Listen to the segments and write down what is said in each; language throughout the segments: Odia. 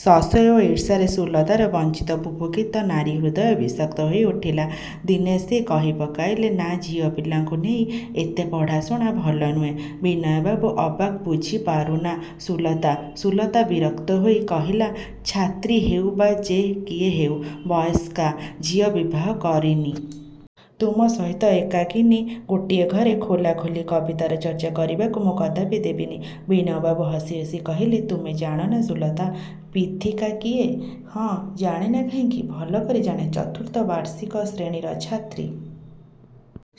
ସଂଶୟ ଓ ଈର୍ଷାରେ ସୁଲତାର ବଞ୍ଚିତ ବୁଭୁକ୍ଷିତ ନାରୀ-ହୃଦୟ ବିଷାକ୍ତ ହୋଇ ଉଠିଲା। ଦିନେ ସେ କହି ପକାଇଲା, "ନା—ଝିଅ ପିଲାଙ୍କୁ ନେଇ ଏତେ ପଢ଼ାଶୁଣା ଭଲ ନୁହେଁ। '' ବିନୟବାବୁ ଅବାକ; "ବୁଝିପାରୁନା ସୁଲତା! '' ସୁଲତା ବିରକ୍ତ ହୋଇ କହିଲା,–"ଛାତ୍ରୀ ହେଉ ବା ଯେ କିଏ ହେଉ–ବୟସ୍କା ଝିଅ-ବିବାହ କରିନି। ତୁମ ସହିତ ଏକାକିନୀ ଗୋଟିଏ ଘରେ ଖୋଲା ଖୋଲି କବିତାର ଚର୍ଚ୍ଚା କରିବାକୁ ମୁଁ କଦାପି ଦେବିନି। '' ବିନୟ ବାବୁ ହସି ହସି କହିଲେ, "ତୁମେ ଜାଣ ନା ସୁଲତା—ବୀଥିକା କିଏ? '' "ହଁ, ଜାଣେ ନା କାହିଁକି, ଭଲକରି ଜାଣେ, ଚତୁର୍ଥ ବାର୍ଷିକ ଶ୍ରେଣୀର ଛାତ୍ରୀ।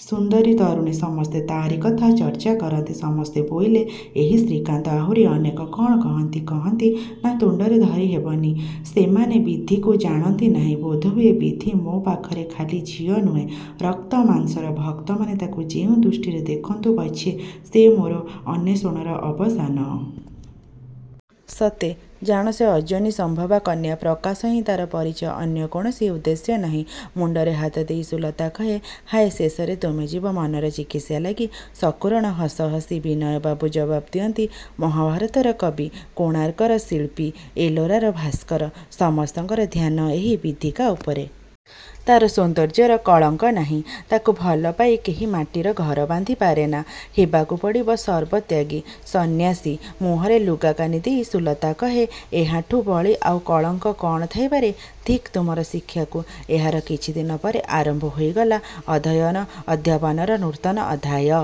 ସୁନ୍ଦରୀ, ତରୁଣୀ—ସମସ୍ତେ ତା'ରି କଥା ଚର୍ଚ୍ଚା କରନ୍ତି—" "ସମସ୍ତେ ବୋଇଲେ? '' "ଏହି ଶ୍ରୀକାନ୍ତ—ଆହୁରି ଅନେକ। '' "କ'ଣ କହନ୍ତି? '' "କହନ୍ତି…. ନା—ତୁଣ୍ଡରେ ଧରି ହେବ ନି। '' "ସେମାନେ ବୀଥିକୁ ଜାଣନ୍ତି ନାହିଁ, ବୋଧହୁଏ, ବୀଥି ମୋ ପାଖରେ ଖାଲି ଝିଅ ନୁହେଁ–ରକ୍ତ ମାଂସର ଭକ୍ତମାନେ ତାକୁ ଯେଉଁ ଦୃଷ୍ଟିରେ ଦେଖନ୍ତୁ ପଛେ, ସେ ମୋର ଅନ୍ୱେଷଣର ଅବସାନ-। '' "ସତେ? '' "ଜାଣ—ସେ ଅଯୋନି ସମ୍ଭବା କନ୍ୟା। ପ୍ରକାଶ ହିଁ ତାର ପରିଚୟ, ଅନ୍ୟ କୌଣସି ଉଦ୍ଦେଶ୍ୟ ନାହିଁ। '' ମୁଣ୍ଡରେ ହାତ ଦେଇ ସୁଲତା କହେ, "ହାୟ-ଶେଷରେ ତୁମେ ଯିବ ମନର ଚିକିତ୍ସା ଲାଗି-? '' ସକରୁଣ ହସ ହସି—ବିନୟ ବାବୁ ଜବାବ୍ ଦିଅନ୍ତି—"ମହାଭାରତର କବି, କୋଣାର୍କର ଶିଳ୍ପୀ, ଏଲୋରାର ଭାସ୍କର—ସମସ୍ତଙ୍କର ଧ୍ୟାନ ଏହି ବୀଥିକାଉପରେ। ତାର ସୌନ୍ଦର୍ଯ୍ୟରେ କଳଙ୍କ ନାହିଁ। ତାକୁ ଭଲ ପାଇ କେହି ମାଟିର ଘର ବାନ୍ଧି ପାରେନା—ହେବାକୁ ପଡ଼ିବ ସର୍ବତ୍ୟାଗୀ—ସନ୍ନ୍ୟାସୀ। '' ମୁହଁରେ ଲୁଗାକାନି ଦେଇ ସୁଲତା କହେ, "ଏହାଠୁଁ ବଳି ଆଉ କଳଙ୍କ କ'ଣ ଥାଇପାରେ-? ଧିକ୍ ତୁମର ଶିକ୍ଷାକୁ! '' ଏହାର କିଛିଦିନ ପରେ ଆରମ୍ଭ ହୋଇଗଲା—ଅଧ୍ୟୟନ ଓ ଅଧ୍ୟାପନାର ନୂତନ ଅଧ୍ୟାୟ-।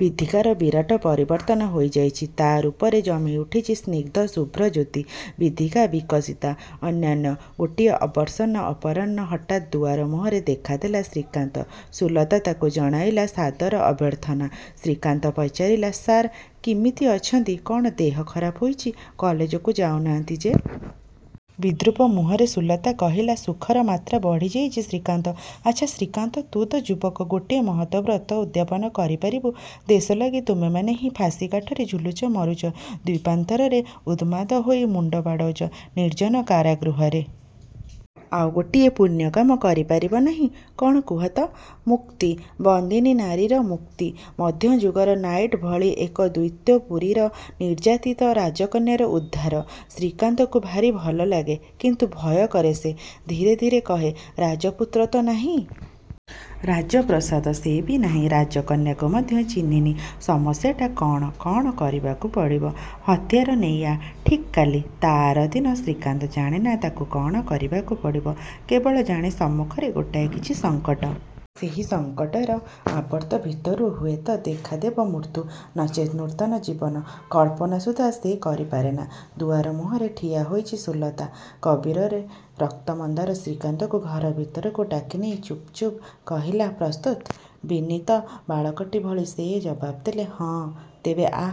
ବୀଥିକାର ବିରାଟ ପରିବର୍ତ୍ତନ ହୋଇ ଯାଇଛି। ତା ରୂପରେ ଜମି ଉଠିଚି ସ୍ନିଗ୍ଧ ଶୁଭ୍ର ଜ୍ୟୋତି। ବୀଥିକା, ବିକଶିତା—ଅନନ୍ୟା। ଗୋଟିଏ ଅବସନ୍ନ ଅପରାହ୍ନ। ହଠାତ୍ ଦୁଆର ମୁହଁରେ ଦେଖାଦେଲା ଶ୍ରୀକାନ୍ତ। ସୁଲତା ତାକୁ ଜଣାଇଲା ସାଦର ଅଭ୍ୟର୍ଥନା। ଶ୍ରୀକାନ୍ତ ପଚାରିଲା; "ସାର୍ କିମିତି ଅଛନ୍ତି? କ'ଣ ଦେହ ଖରାପ ହୋଇଛି, କଲେଜକୁ ଯାଉନାହାଁନ୍ତି ଯେ? '' ବିଦ୍ରୂପ ମୁହଁରେ ସୁଲତା। କହିଲା— "ସୁଖର ମାତ୍ରା ବଢ଼ି ଯାଇଛି ଶ୍ରୀକାନ୍ତ। ଆଚ୍ଛା ଶ୍ରୀକାନ୍ତ! ତୁ ତ ଯୁବକ, ଗୋଟିଏ ମହତ୍ ବ୍ରତ ଉଦ୍ଯାପନ କରି ପାରିବୁ? ଦେଶଲାଗି ତୁମେମାନେ ହିଁ ଫାଶୀ କାଠରେ ଝୁଲୁଚ—ମରୁଚ ଦ୍ୱୀପାନ୍ତରରେ—ଉନ୍ମାଦ ହୋଇ ମୁଣ୍ଡ ବାଡ଼ଉଚ ନିର୍ଜ୍ଜନ କାରାଗୃହରେ? ଆଉ ଗୋଟିଏ ପୁଣ୍ୟ କାମ କରି ପାରିବ ନାହିଁ? '' "କଣ କୁହ ତ? '' "ମୁକ୍ତି! ବନ୍ଦିନୀ ନାରୀର ମୁକ୍ତି। ମଧ୍ୟଯୁଗର ନାଇଟ୍ ଭଳି ଏକ ଦୈତ୍ୟପୁରୀର ନିର୍ଯ୍ୟାତିତା ରାଜକନ୍ୟାର ଉଦ୍ଧାର—" ଶ୍ରୀକାନ୍ତକୁ ଭାରି ଭଲ ଲାଗେ, କିନ୍ତୁ ଭୟ କରେ ସେ। ଧୀରେ ଧୀରେ କହେ, 'ରାଜପୁତ୍ର ତ ନାହିଁ। ରାଜପ୍ରସାଦ? ସେ ବି ନାହିଁ—ରାଜ କନ୍ୟାକୁ ମଧ୍ୟ ଚିହ୍ନିନି। ସମସ୍ୟାଟା କ'ଣ-? କ'ଣ କରିବାକୁ ପଡ଼ିବ? ' "ହତିଆର ନେଇ ଆ—ଠିକ୍ କାଲି। '' ତା ଆରଦିନ। ଶ୍ରୀକାନ୍ତ ଜାଣେ ନା ତାକୁ କ'ଣ କରିବାକୁ ପଡ଼ିବ। କେବଳ ଜାଣେ ସମ୍ମୁଖରେ ଗୋଟାଏ କିଛି ସଂକଟ। ସେହି ସଂକଟର ଆବର୍ତ୍ତ ଭିତରୁ ହୁଏ ତ ଦେଖା ଦେବ ମୃତ୍ୟୁ—ନଚେତ୍ ନୂତନ ଜୀବନ। କଳ୍ପନା ସୁଦ୍ଧା ସେ କରିପାରେ ନା। ଦୁଆର ମୁହଁରେ ଠିଆ ହୋଇଚି ସୁଲତା। କବରୀରେ ରକ୍ତମନ୍ଦାର। ଶ୍ରୀକାନ୍ତକୁ ଘରଭିତରକୁ ଡାକିନେଇ ଚୁପ୍ ଚୁପ୍ କହିଲା—"ପ୍ରସ୍ତୁତ? '' ବିନିତ ବାଳକଟି ଭଳି ସେ ଜବାବ୍ ଦେଲା—"ହଁ" "ତେବେ ଆ। ''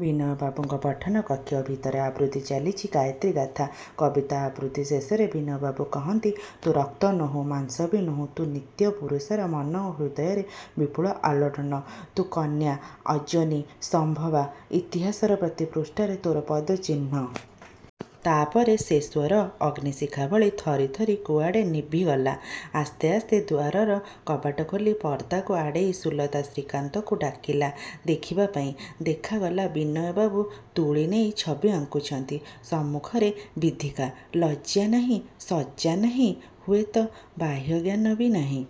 ବିନୟବାବୁଙ୍କ ପଠନ କକ୍ଷ। ଭିତରେ ଆବୃତ୍ତି ଚାଲିଚି ଗାୟତ୍ରୀଗାଥା। କବିତା-ଆବୃତ୍ତି ଶେଷରେ ବିନୟ ବାବୁ କହନ୍ତି, "ତୁ ରକ୍ତ ନୋହୁଁ—ମାଂସ ବି ନୋହୁ, ତୁ ନିତ୍ୟ ପୁରୁଷର ମନ ଓ ହୃଦୟରେ ବିପୁଳ ଆଲୋଡ଼ନ। ତୁ କନ୍ୟା—ଅଯୋନି-ସମ୍ଭବା! ଇତିହାସର ପ୍ରତି ପୃଷ୍ଠାରେ ତୋର ପଦ-ଚିହ୍ନ। '' ତା'ପରେ? ସେ ସ୍ୱର ଅଗ୍ନିଶିଖାଭଳି ଥରିଥରି କୁଆଡ଼େ ନିଭିଗଲା….। ଆସ୍ତେ ଆସ୍ତେ ଦୁଆରର କବାଟଖୋଲି ପର୍ଦାକୁ ଆଡ଼େଇ ସୁଲତା ଶ୍ରୀକାନ୍ତକୁ ଡାକିଲା, ଦେଖିବାପାଇଁ। ଦେଖାଗଲା—ବିନୟ ବାବୁ ତୁଳିନେଇ ଛବି ଆଙ୍କୁଛନ୍ତି। ସମ୍ମୁଖରେ ବିଥିକା, ଲଜ୍ଜା ନାହିଁ—ସଜ୍ଜା ନାହିଁ—ହୁଏ ତ ବାହ୍ୟଜ୍ଞାନ ବି ନାହିଁ।